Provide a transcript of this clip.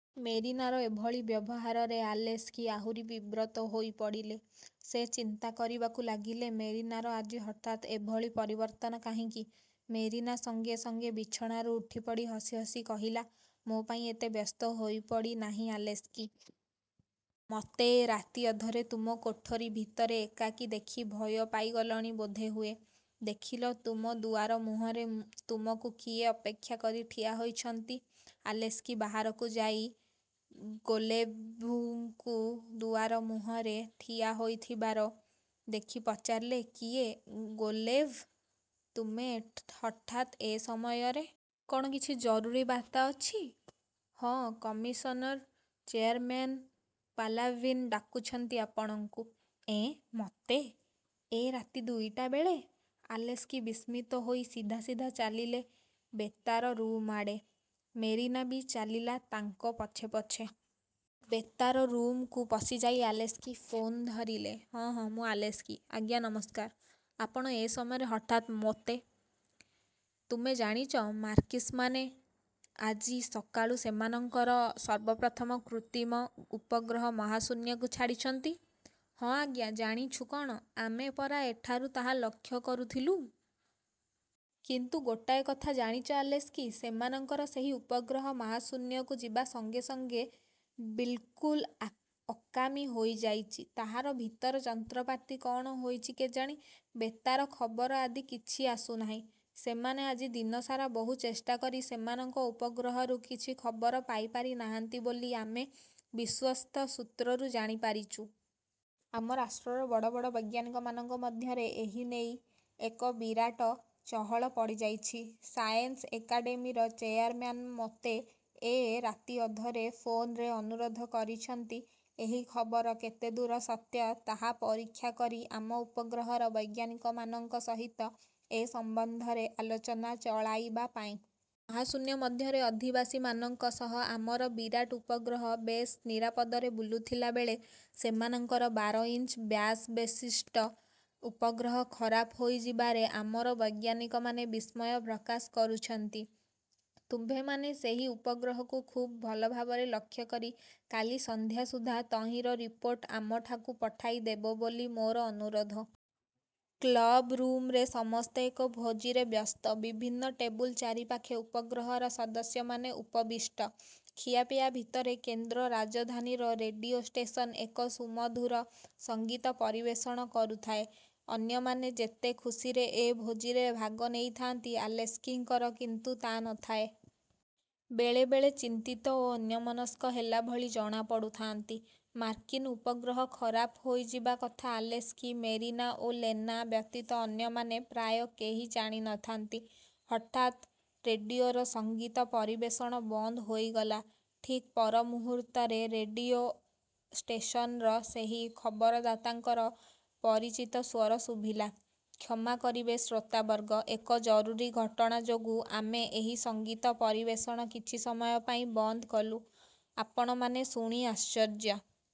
'' ମେରିନାର ଏଭଳି ବ୍ୟବହାରରେ ଆଲେସ୍କି ଆହୁରି ବିବ୍ରତ ହୋଇ ପଡ଼ିଲେ। ସେ ଚିନ୍ତା କରିବାକୁ ଲାଗିଲେ, ମେରିନାର ଆଜି ହଠାତ୍ ଏଭଳି ପରିବର୍ତ୍ତନ କାହିଁକି? ମେରିନା ସଙ୍ଗେ ସଙ୍ଗେ ବିଛଣାରୁ ଉଠିପଡ଼ି ହସି ହସି କହିଲା, ''ମୋ ପାଇଁ ଏତେ ବ୍ୟସ୍ତ ହୋଇପଡ଼ି ନାହିଁ ଆଲେସ୍କି! ମୋତେ ଏ ରାତିଅଧରେ ତୁମ କୋଠରି ଭିତରେ ଏକାକୀ ଦେଖି ଭୟ ପାଇଗଲଣି ବୋଧହୁଏ? ଦେଖିଲ, ତୁମ ଦୁଆରମୁହଁରେ ତୁମକୁ କିଏ ଅପେକ୍ଷା କରି ଠିଆ ହୋଇଛନ୍ତି। '' ଆଲେସ୍କି ବାହାରକୁ ଯାଇ, ଗୋଲେଭ୍ଙ୍କୁ ଦୁଆରମୁହଁରେ ଠିଆ ହୋଇଥିବାର ଦେଖି ପଚାରିଲେ, ''କିଏ ଗୋଲେଭ୍, ତୁମେ ହଠାତ୍ ଏ ସମୟରେ? କ'ଣ କିଛି ଜରୁରୀ ବାର୍ତ୍ତା ଅଛି? '' ''ହଁ, କମିଶନ୍ର ଚେୟାରମେନ୍ ପାଲାଭିନ୍ ଡାକୁଛନ୍ତି ଆପଣଙ୍କୁ। '' ''ଏଁ, ମୋତେ, ଏ ରାତି ଦୁଇଟା ବେଳେ? '' ଆଲେସ୍କି ବିସ୍ମିତ ହୋଇ ସିଧା ସିଧା ଚାଲିଲେ ବେତାର ରୁମ୍ଆଡ଼େ। ମେରିନା ବି ଚାଲିଲା ତାଙ୍କ ପଛେ ପଛେ। ବେତାର ରୁମ୍କୁ ପଶିଯାଇ ଆଲେସ୍କି ଫୋନ୍ ଧରିଲେ, ''ହଁ, ହଁ, ମୁଁ ଆଲେସ୍କି। ଆଜ୍ଞା, ନମସ୍କାର। ଆପଣ ଏ ସମୟରେ ହଠାତ୍ ମୋତେ? '' ''ତୁମେ ଜାଣିଛ ମାର୍କିନ୍ମାନେ ଆଜି ସକାଳୁ ସେମାନଙ୍କର ସର୍ବପ୍ରଥମ କୃତ୍ରିମ ଉପଗ୍ରହ ମହାଶୂନ୍ୟକୁ ଛାଡ଼ିଛନ୍ତି? '' ''ହଁ, ଆଜ୍ଞା, ଜାଣିଛୁଁ କ'ଣ, ଆମେ ପରା ଏଠାରୁ ତାହା ଲକ୍ଷ୍ୟ କରୁଥିଲୁ। '' ''କିନ୍ତୁ ଗୋଟାଏ କଥା ଜାଣିଛ ଆଲେସ୍କି? ସେମାନଙ୍କର ସେହି ଉପଗ୍ରହ ମହାଶୂନ୍ୟକୁ ଯିବା ସଙ୍ଗେ ସଙ୍ଗେ ବିଲ୍କୁଲ୍ ଅକାମୀ ହୋଇଯାଇଛି। ତାହାର ଭିତର ଯନ୍ତ୍ରପାତି କ'ଣ ହୋଇଛି କେଜାଣି, ବେତାର ଖବର ଆଦି କିଛି ଆସୁନାହିଁ। ସେମାନେ ଆଜି ଦିନସାରା ବହୁ ଚେଷ୍ଟାକରି ସେମାନଙ୍କ ଉପଗ୍ରହରୁ କିଛି ଖବର ପାଇପାରି ନାହାନ୍ତି ବୋଲି ଆମେ ବିଶ୍ୱସ୍ତ ସୂତ୍ରରୁ ଜାଣିପାରିଛୁଁ-। ଆମ ରାଷ୍ଟ୍ରର ବଡ଼ ବଡ଼ ବୈଜ୍ଞାନିକମାନଙ୍କ ମଧ୍ୟରେ ଏହି ନେଇ ଏକ ବିରାଟ ଚହଳ ପଡ଼ିଯାଇଛି। ସାଏନ୍ସ ଏକାଡ଼େମୀର ଚେୟାରମ୍ୟାନ୍ ମୋତେ ଏ ରାତିଅଧରେ ଫୋନ୍ରେ ଅନୁରୋଧ କରିଛନ୍ତି ଏହି ଖବର କେତେଦୂର ସତ୍ୟ ତାହା ପରୀକ୍ଷା କରି ଆମ ଉପଗ୍ରହର ବୈଜ୍ଞାନିକମାନଙ୍କ ସହିତ ଏ ସମ୍ବନ୍ଧରେ ଆଲୋଚନା ଚଳାଇବା ପାଇଁ। ମହାଶୂନ୍ୟ ମଧ୍ୟରେ ଅଧିବାସୀମାନଙ୍କ ସହ ଆମର ବିରାଟ ଉପଗ୍ରହ ବେଶ୍ନିରାପଦରେ ବୁଲୁଥିଲାବେଳେ ସେମାନଙ୍କର ବାରଇଞ୍ଚ ବ୍ୟାସବିଶିଷ୍ଟ ଉପଗ୍ରହ ଖରାପ ହୋଇଯିବାରେ ଆମର ବୈଜ୍ଞାନିକମାନେ ବିସ୍ମୟ ପ୍ରକାଶ କରୁଛନ୍ତି-। ତୁମ୍ଭେମାନେ ସେହି ଉପଗ୍ରହକୁ ଖୁବ୍ ଭଲ ଭାବରେ ଲକ୍ଷ୍ୟକରି କାଲି ସନ୍ଧ୍ୟା ସୁଦ୍ଧା ତହିଁର ରିପୋର୍ଟ ଆମଠାକୁ ପଠାଇଦେବ ବୋଲି ମୋର ଅନୁରୋଧ। '' କ୍ଲବ୍ରୁମ୍ରେ ସମସ୍ତେ ଏକ ଭୋଜିରେ ବ୍ୟସ୍ତ। ବିଭିନ୍ନ ଟେବୁଲ ଚାରିପାଖରେ ଉପଗ୍ରହର ସଦସ୍ୟମାନେ ଉପବିଷ୍ଟ। ଖିଆପିଆ ଭିତରେ କେନ୍ଦ୍ର ରାଜଧାନୀର ରେଡ଼ିଓ ଷ୍ଟେସନ ଏକ ସୁମଧୁର ସଙ୍ଗୀତ ପରିବେଷଣ କରୁଥାଏ। ଅନ୍ୟମାନେ ଯେତେ ଖୁସିରେ ଏ ଭୋଜିରେ ଭାଗ ନେଇଥାନ୍ତି, ଆଲେସ୍କିଙ୍କର କିନ୍ତୁ ତା' ନଥାଏ। ବେଳେବେଳେ ଚିନ୍ତିତ ଓ ଅନ୍ୟମନସ୍କ ହେଲାଭଳି ଜଣାପଡ଼ୁଥାନ୍ତି। ମାର୍କିନ୍ ଉପଗ୍ରହ ଖରାପ ହୋଇଯିବା କଥା ଆଲେସ୍କି, ମେରିନା ଓ ଲେନା ବ୍ୟତୀତ ଅନ୍ୟମାନେ ପ୍ରାୟ କେହି ଜାଣି ନଥାନ୍ତି। ହଠାତ୍ ରେଡ଼ିଓର ସଙ୍ଗୀତ ପରିବେଷଣ ବନ୍ଦ ହୋଇଗଲା। ଠିକ୍ ପରମୁହୂର୍ତ୍ତରେ ରେଡ଼ିଓ ଷ୍ଟେସନର ସେହି ଖବରଦାତାଙ୍କର ପରିଚିତ ସ୍ୱର ଶୁଭିଲା, ''କ୍ଷମା କରିବେ, ଶ୍ରୋତାବର୍ଗ, ଏକ ଜରୁରୀ ଘଟଣା ଯୋଗୁଁ ଆମେ ଏହି ସଙ୍ଗୀତ ପରିବେଷଣ କିଛି ସମୟ ପାଇଁ ବନ୍ଦ କଲୁଁ। ଆପଣମାନେ ଶୁଣି ଆଶ୍ଚର୍ଯ୍ୟ